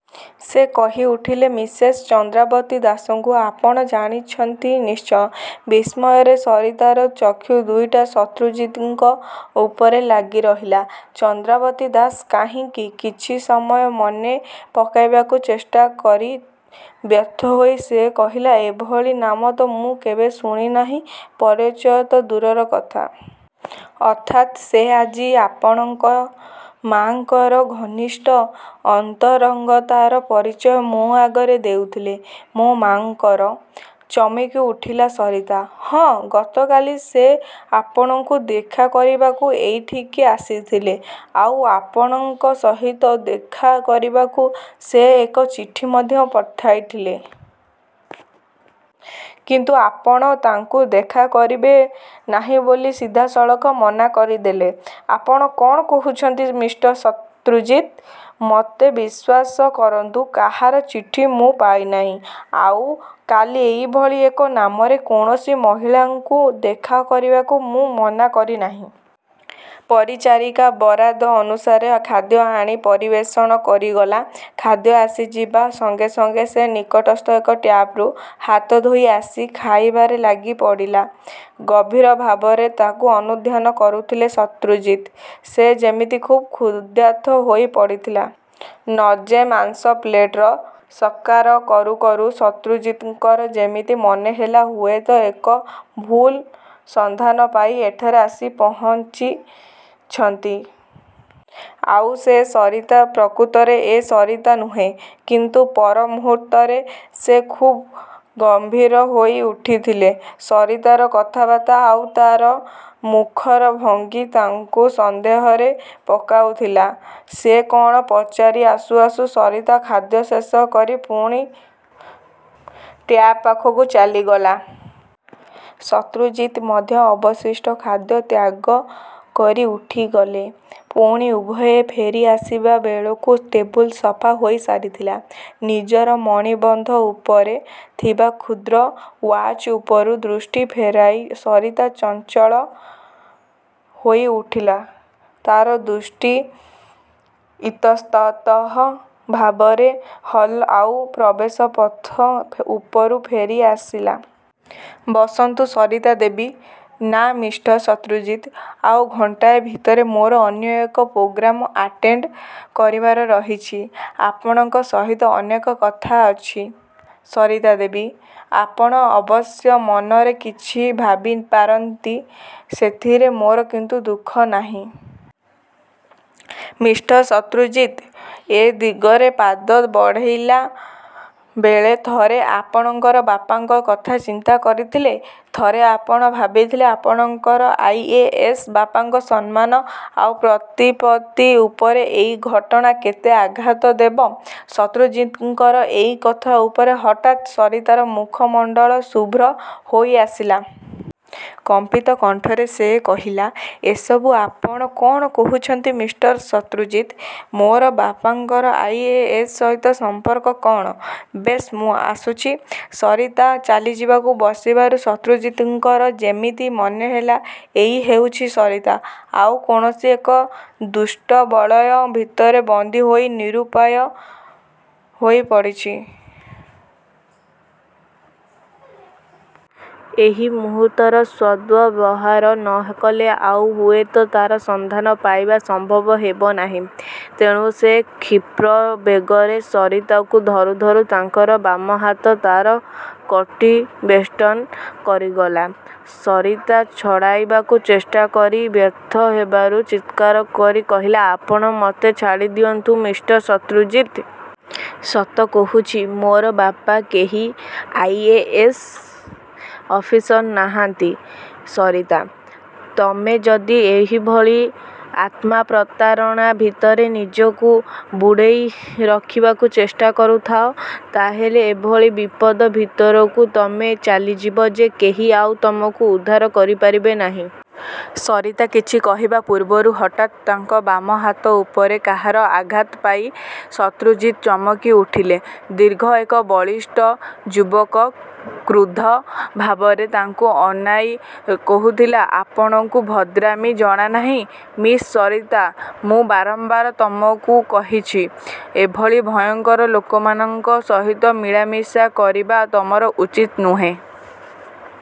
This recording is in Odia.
ସେ କହିଉଠିଲେ-ମିସେସ ଚନ୍ଦ୍ରାବତୀ ଦାସଙ୍କୁ ଆପଣ ଜାଣିଛନ୍ତି ନିଶ୍ଚୟ? ବିସ୍ମୟରେ ସରିତାର ଚକ୍ଷୁ ଦୁଇଟା ଶତ୍ରୁଜିତଙ୍କ ଉପରେ ଲାଗିରହିଲା। ଚନ୍ଦ୍ରାବତୀ ଦାସ କାହିଁ କିଛି ସମୟ ମନେ ପକାଇବାକୁ ଚେଷ୍ଟା କରି ବ୍ୟର୍ଥ ହୋଇ ସେ କହିଲା-ଏଭଳି ନାମ ତ ମୁଁ କେବେ ଶୁଣିନାହିଁ। ପରିଚୟ ତ ଦୂରର କଥା। ଅର୍ଥାତ୍ ସେ ଆଜି ଆପଣଙ୍କ ମାଆଙ୍କର ଘନିଷ୍ଟ ଅନ୍ତରଙ୍ଗତାର ପରିଚୟ ମୋ ଆଗରେ ଦେଉଥିଲେ ମୋ ମାଆଙ୍କର! ଚମକି ଉଠିଲା ସରିତା। ହଁ। ଗତକାଲି ସେ ଆପଣଙ୍କୁ ଦେଖା କରିବାକୁ ଏଇଠିକି ଆସିଥିଲେ। ଆଉ ଆପଣଙ୍କ ସହିତ ଦେଖା କରିବାକୁ ସେ ଏକ ଚିଠି ମଧ୍ୟ ପଠାଇଥିଲେ। କିନ୍ତୁ ଆପଣ ତାଙ୍କୁ ଦେଖା କରିବେ ନାହିଁ ବୋଲି ସିଧାସଳଖ ମନା କରିଦେଲେ। ଆପଣ କ'ଣ କହୁଛନ୍ତି ମିଷ୍ଟର ଶତ୍ରୁଜିତ୍? ମୋତେ ବିଶ୍ୱାସ କରନ୍ତୁ, କାହାର ଚିଠି ମୁଁ ପାଇନାହିଁ। ଆଉ କାଲି ଏଇଭଳି ଏକ ନାମରେ କୌଣସି ମହିଳାଙ୍କୁ ଦେଖା କରିବାକୁ ମୁଁ ମନା କରିନାହିଁ। ପରିଚାରିକା ବରାଦ ଅନୁସାରେ ଖାଦ୍ୟ ଆଣି ପରିବେଷଣ କରିଗଲା। ଖାଦ୍ୟ ଆସିଯିବା ସଙ୍ଗେ ସଙ୍ଗେ ସେ ନିକଟସ୍ଥ ଏକ ଟ୍ୟାପ୍ରୁ ହାତ ଧୋଇ ଆସି ଖାଇବାରେ ଲାଗିପଡ଼ିଲା-। ଗଭୀର ଭାବରେ ତାକୁ ଅନୁଧ୍ୟାନ କରୁଥିଲେ ଶତ୍ରୁଜିତ୍। ସେ ଯେମିତି ଖୁବ୍ କ୍ଷୁଧାର୍ତ୍ତ ହୋଇପଡ଼ିଥିଲା। ନଜେ ମାଂସ ପ୍ଲେଟର ସତ୍କାର କରୁ କରୁ ଶତ୍ରୁଜିତଙ୍କର ଯେମିତି ମନେ ହେଲା ହୁଏତ ଏକ ଭୁଲ ସଂଧାନ ପାଇ ଏଠାରେ ଆସି ପହଞ୍ଚିଛନ୍ତି। ଆଉ ସେ ସରିତା ପ୍ରକୃତରେ ଏ ସରିତା ନୁହେଁ। କିନ୍ତୁ ପର ମୁହୂର୍ତ୍ତରେ ସେ ଖୁବ୍ ଗମ୍ଭୀର ହୋଇ ଉଠିଥିଲେ। ସରିତାର କଥାବାର୍ତ୍ତା ଆଉ ତା'ର ମୁଖର ଭଙ୍ଗୀ ତାଙ୍କୁ ସନ୍ଦେହରେ ପକାଉଥିଲା। ସେ କ'ଣ ପଚାରି ଆସୁ ଆସୁ ସରିତା ଖାଦ୍ୟ ଶେଷ କରି ପୁଣି ଟ୍ୟାପ୍ପାଖକୁ ଚାଲିଗଲା। ଶତ୍ରୁଜିତ୍ ମଧ୍ୟ ଅବଶିଷ୍ଟ ଖାଦ୍ୟ ତ୍ୟାଗ କରି ଉଠିଗଲେ। ପୁଣି ଉଭୟେ ଫେରି ଆସିବାବେଳକୁ ଟେବୁଲ ସଫା ହୋଇସାରିଥିଲା। ନିଜର ମଣିବନ୍ଧ ଉପରେ ଥିବା କ୍ଷୁଦ୍ର ଓ୍ୟାଚ୍ଉପରୁ ଦୃଷ୍ଟି ଫେରାଇ ସରିତା ଚଞ୍ଚଳ ହୋଇଉଠିଲା। ତା'ର ଦୃଷ୍ଟି ଇତସ୍ତତଃ ଭାବରେ ହଲ୍ ଆଉ ପ୍ରବେଶପଥ ଉପରୁ ଫେରିଆସିଲା। ବସନ୍ତୁ, ସରିତା ଦେବୀ! ନା, ମିଷ୍ଟର ଶତ୍ରୁଜିତ୍! ଆଉ ଘଣ୍ଟାଏ ଭିତରେ ମୋର ଅନ୍ୟ ଏକ ପ୍ରୋଗ୍ରାମ ଆଟେଣ୍ତ କରିବାର ରହିଛି। ଆପଣଙ୍କ ସହିତ ଅନେକ କଥା ଅଛି, ସରିତା ଦେବୀ! ଆପଣ ଅବଶ୍ୟ ମନରେ କିଛି ଭାବିପାରନ୍ତି, ସେଥିରେ ମୋର କିନ୍ତୁ ଦୁଃଖ ନାହିଁ। ମିଷ୍ଟର ଶତ୍ରୁଜିତ୍! ଏ ଦିଗରେ ପାଦ ବଢ଼େଇଲାବେଳେ ଥରେ ଆପଣଙ୍କର ବାପାଙ୍କ କଥା ଚିନ୍ତା କରିଥିଲେ? ଥରେ ଆପଣ ଭାବିଥିଲେ ଆପଣଙ୍କର ଆଇ. ଏ. ଏସ. ବାପାଙ୍କ ସମ୍ମାନ ଆଉ ପ୍ରତିପତ୍ତି ଉପରେ ଏଇ ଘଟଣା କେତେ ଆଘାତ ଦେବ? ଶତ୍ରୁଜିତଙ୍କର ଏଇ କଥା ଉପରେ ହଠାତ୍ ସରିତାର ମୁଖମଣ୍ତଳ ଶୁଭ୍ର ହୋଇଆସିଲା। କମ୍ପିତ କଣ୍ଠରେ ସେ କହିଲା-ଏସବୁ ଆପଣ କ'ଣ କହୁଛନ୍ତି ମିଷ୍ଟର ଶତ୍ରୁଜିତ୍? ମୋର ବାପାଙ୍କର ଆଇ. ଏ. ଏସ. ସହିତ ସଂପର୍କ କ'ଣ? ବେଶ୍, ମୁଁ ଆସୁଛି। ସରିତା ଚାଲିଯିବାକୁ ବସିବାରୁ ଶତ୍ରୁଜିତଙ୍କର ଯେମିତି ମନେ ହେଲା ଏଇ ହେଉଛି ସରିତା, ଆଉ କୌଣସି ଏକ ଦୁଷ୍ଟ ବଳୟ ଭିତରେ ବନ୍ଦୀ ହୋଇ ନିରୂପାୟ ହୋଇପଡ଼ିଛି। ଏଇ ମୁହୂର୍ତ୍ତର ସଦ୍ବ୍ୟବହାର ନ କଲେ ଆଉ ହୁଏତ ତା'ର ସନ୍ଧାନ ପାଇବା ସମ୍ଭବ ହେବ ନାହିଁ। ତେଣୁ ସେ କ୍ଷିପ୍ର ବେଗରେ ସରିତାକୁ ଧରୁ ଧରୁ ତାଙ୍କର ବାମ ହାତ ତା'ର କଟି ବେଷ୍ଟନ କରିଗଲା। ସରିତା ଛଡ଼ାଇବାକୁ ଚେଷ୍ଟା କରି ବ୍ୟର୍ଥ ହେବାରୁ ଚିତ୍କାର କରି କହିଲା-ଆପଣ ମୋତେ ଛାଡ଼ିଦିଅନ୍ତୁ, ମିଷ୍ଟର ଶତ୍ରୁଜିତ୍! ସତ କହୁଚି, ମୋର ବାପା କେହି ଆଇ. ଏ. ଏସ. ଅଫିସର ନାହାନ୍ତି-। ସରିତା! ତମେ ଯଦି ଏହିଭଳି ଆତ୍ମାପ୍ରତାରଣା ଭିତରେ ନିଜକୁ ବୁଡ଼େଇ ରଖିବାକୁ ଚେଷ୍ଟା କରୁଥାଅ, ତା' ହେଲେ ଏଭଳି ବିପଦ ଭିତରକୁ ତମେ ଚାଲିଯିବ ଯେ କେହି ଆଉ ତମକୁ ଉଦ୍ଧାର କରିପାରିବେ ନାହିଁ। ସରିତା କିଛି କହିବା ପୂର୍ବରୁ ହଠାତ୍ ତାଙ୍କ ବାମ ହାତ ଉପରେ କାହାର ଆଘାତ ପାଇ ଶତ୍ରୁଜିତ୍ ଚମକିଉଠିଲେ। ଦୀର୍ଘ ଏକ ବଳିଷ୍ଠ ଯୁବକ କ୍ରୁଦ୍ଧ ଭାବରେ ତାଙ୍କୁ ଅନାଇ କହୁଥିଲା-ଆପଣଙ୍କୁ ଭଦ୍ରାମି ଜଣାନାହିଁ! ମିସ୍ ସରିତା, ମୁଁ ବାରମ୍ୱାର ତମକୁ କହିଛି, ଏଭଳି ଭୟଙ୍କର ଲୋକମାନଙ୍କ ସହିତ ମିଳାମିଶା କରିବା ତମର ଉଚିତ ନୁହେଁ।